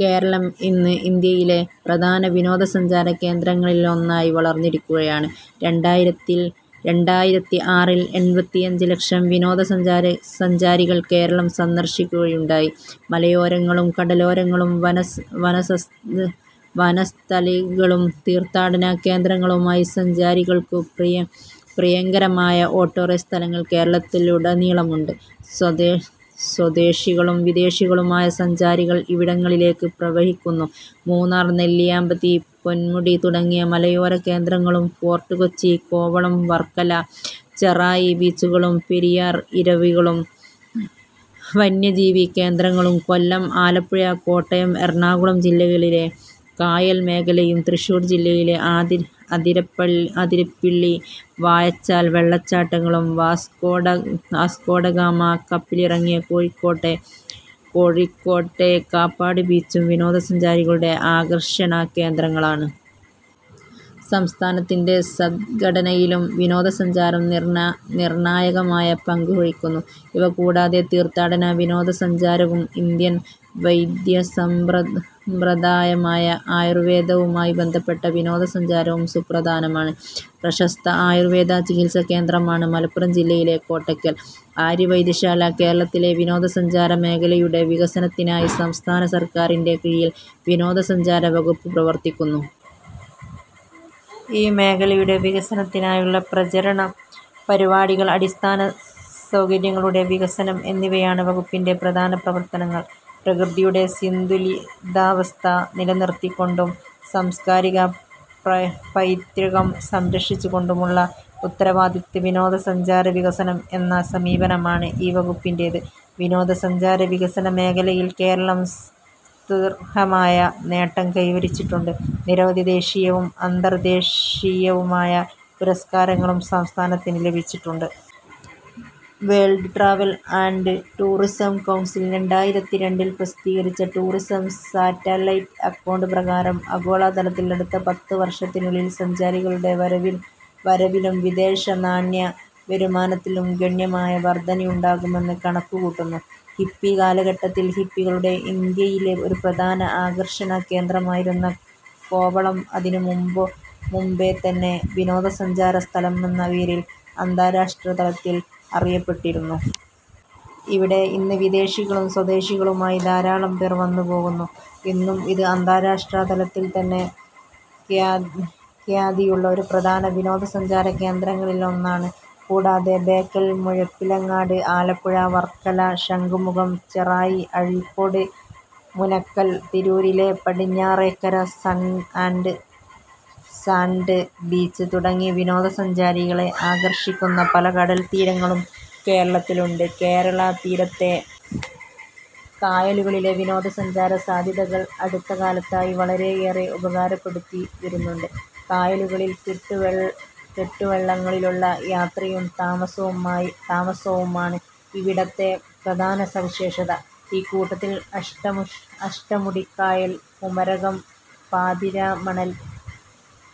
കേരളം ഇന്ന് ഇന്ത്യയിലെ പ്രധാന വിനോദസഞ്ചാരകേന്ദ്രങ്ങളിലൊന്നായി വളർന്നിരിക്കുകയാണ്. രണ്ടായിരത്തി ആറിൽ എൺപത്തിയഞ്ച് ലക്ഷം വിനോദസഞ്ചാരികൾ കേരളം സന്ദർശിക്കുകയുണ്ടായി. മലയോരങ്ങളും കടലോരങ്ങളും വനസ്ഥലികളും തീർത്ഥാടന കേന്ദ്രങ്ങളുമായി സഞ്ചാരികൾക്കു പ്രിയങ്കരമായ ഒട്ടേറെ സ്ഥലങ്ങൾ കേരളത്തിലുടനീളമുണ്ട്. സ്വദേശികളും വിദേശികളുമായ സഞ്ചാരികൾ ഇവിടങ്ങളിലേക്ക് പ്രവഹിക്കുന്നു. മൂന്നാർ നെല്ലിയാമ്പതി പൊന്മുടി തുടങ്ങിയ മലയോര കേന്ദ്രങ്ങളും ഫോർട്ട് കൊച്ചി കോവളം വർക്കല ചെറായി ബീച്ചുകളും പെരിയാർ ഇരവികുളം വന്യജീവി കേന്ദ്രങ്ങളും കൊല്ലം ആലപ്പുഴ കോട്ടയം എറണാകുളം ജില്ലകളിലെ കായൽ മേഖലയും തൃശ്ശൂർ ജില്ലയിലെ അതിരപ്പിള്ളി വാഴച്ചാൽ വെള്ളച്ചാട്ടങ്ങളും വാസ്കോഡഗാമ കപ്പലിറങ്ങിയ കോഴിക്കോട്ടെ കാപ്പാട് ബീച്ചും വിനോദസഞ്ചാരികളുടെ ആകർഷണ കേന്ദ്രങ്ങളാണ്. സംസ്ഥാനത്തിൻ്റെ സമ്പദ്ഘടനയിലും വിനോദസഞ്ചാരം നിർണായകമായ പങ്കു വഹിക്കുന്നു. ഇവ കൂടാതെ തീർത്ഥാടന വിനോദസഞ്ചാരവും ഇന്ത്യൻ വൈദ്യ സമ്പ്രദായമായ ആയുർവേദവുമായി ബന്ധപ്പെട്ട വിനോദസഞ്ചാരവും സുപ്രധാനമാണ്. പ്രശസ്ത ആയുർവേദ ചികിത്സാ കേന്ദ്രമാണ് മലപ്പുറം ജില്ലയിലെ കോട്ടയ്ക്കൽ ആര്യവൈദ്യശാല. കേരളത്തിലെ വിനോദസഞ്ചാര മേഖലയുടെ വികസനത്തിനായി സംസ്ഥാന സർക്കാരിൻ്റെ കീഴിൽ വിനോദസഞ്ചാര വകുപ്പ് പ്രവർത്തിക്കുന്നു. ഈ മേഖലയുടെ വികസനത്തിനായുള്ള പ്രചരണ പരിപാടികൾ അടിസ്ഥാന സൗകര്യങ്ങളുടെ വികസനം എന്നിവയാണ് വകുപ്പിൻ്റെ പ്രധാന പ്രവർത്തനങ്ങൾ. പ്രകൃതിയുടെ സന്തുലിതാവസ്ഥ നിലനിർത്തിക്കൊണ്ടും സാംസ്കാരിക പൈതൃകം സംരക്ഷിച്ചുകൊണ്ടുമുള്ള ഉത്തരവാദിത്ത വിനോദസഞ്ചാര വികസനം എന്ന സമീപനമാണ് ഈ വകുപ്പിന്റേത്. വിനോദസഞ്ചാര വികസന മേഖലയിൽ കേരളം സ്തുത്യർഹമായ നേട്ടം കൈവരിച്ചിട്ടുണ്ട്. നിരവധി ദേശീയവും അന്തർദേശീയവുമായ പുരസ്കാരങ്ങളും സംസ്ഥാനത്തിന് ലഭിച്ചിട്ടുണ്ട്. World travel and tourism council രണ്ടായിരത്തി രണ്ടിൽ പ്രസിദ്ധീകരിച്ച ടൂറിസം സാറ്റലൈറ്റ് അക്കൗണ്ട് പ്രകാരം ആഗോള തലത്തിൽ അടുത്ത പത്ത് വർഷത്തിനുള്ളിൽ സഞ്ചാരികളുടെ വരവിലും വിദേശനാണ്യ വരുമാനത്തിലും ഗണ്യമായ വർധനയുണ്ടാകുമെന്ന് കണക്കുകൂട്ടുന്നു. ഹിപ്പി കാലഘട്ടത്തിൽ ഹിപ്പികളുടെ ഇന്ത്യയിലെ ഒരു പ്രധാന ആകർഷണകേന്ദ്രമായിരുന്ന കോവളം അതിനു മുമ്പേതന്നെ വിനോദസഞ്ചാര സ്ഥലമെന്ന പേരിൽ അന്താരാഷ്ട്രതലത്തിൽ അറിയപ്പെട്ടിരുന്നു. ഇവിടെ ഇന്ന് വിദേശികളും സ്വദേശികളുമായി ധാരാളം പേർ വന്നുപോകുന്നു. ഇന്നും ഇത് അന്താരാഷ്ട്രതലത്തിൽത്തന്നെ ഖ്യാതിയുള്ള ഒരു പ്രധാന വിനോദസഞ്ചാരകേന്ദ്രങ്ങളിലൊന്നാണ്. കൂടാതെ ബേക്കൽ മുഴപ്പിലങ്ങാട് ആലപ്പുഴ വർക്കല ശംഖുമുഖം ചെറായി അഴീക്കോട് മുലക്കൽ തിരൂരിലെ Padinjarekkara sun and sand beach തുടങ്ങി വിനോദസഞ്ചാരികളെ ആകർഷിക്കുന്ന പല കടൽത്തീരങ്ങളും കേരളത്തിലുണ്ട്. കേരളതീരത്തെ കായലുകളിലെ വിനോദസഞ്ചാര സാധ്യതകൾ അടുത്തകാലത്തായി വളരെയേറെ ഉപയോഗപ്പെടുത്തിവരുന്നുണ്ട്. കായലുകളിൽ കെട്ടുവള്ളങ്ങളിലുള്ള യാത്രയും താമസവുമാണ് ഇവിടത്തെ പ്രധാന സവിശേഷത. ഇക്കൂട്ടത്തിൽ അഷ്ടമുടിക്കായൽ കുമരകം പാതിരാമണൽ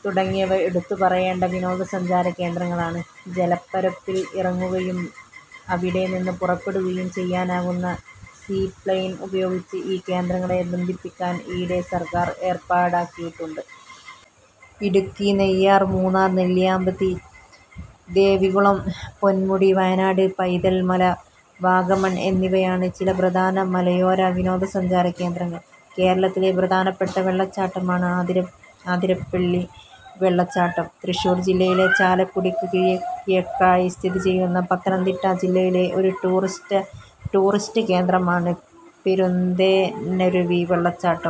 തുടങ്ങിയവ എടുത്തുപറയേണ്ട വിനോദസഞ്ചാരകേന്ദ്രങ്ങളാണ്. ജലപ്പരപ്പിൽ ഇറങ്ങുകയും അവിടെ നിന്ന് പുറപ്പെടുകയും ചെയ്യാനാകുന്ന സീ പ്ലെയിൻ ഉപയോഗിച്ച് ഈ കേന്ദ്രങ്ങളെ ബന്ധിപ്പിക്കാൻ ഈയിടെ സർക്കാർ ഏർപ്പാടാക്കിയിട്ടുണ്ട്. ഇടുക്കി നെയ്യാർ മൂന്നാർ നെല്ലിയാമ്പതി ദേവികുളം പൊൻമുടി വയനാട് പൈതൽ മല വാഗമൺ എന്നിവയാണ് ചില പ്രധാന മലയോര വിനോദസഞ്ചാരകേന്ദ്രങ്ങൾ. കേരളത്തിലെ പ്രധാനപ്പെട്ട വെള്ളച്ചാട്ടമാണ് അതിരപ്പിള്ളി വെള്ളച്ചാട്ടം. തൃശ്ശൂർ ജില്ലയിലെ ചാലക്കുടിക്കു കിഴക്കായി സ്ഥിതി ചെയ്യുന്നു. പത്തനംതിട്ട ജില്ലയിലെ ഒരു ടൂറിസ്റ്റ് കേന്ദ്രമാണ് പെരുന്തേനരുവി വെള്ളച്ചാട്ടം.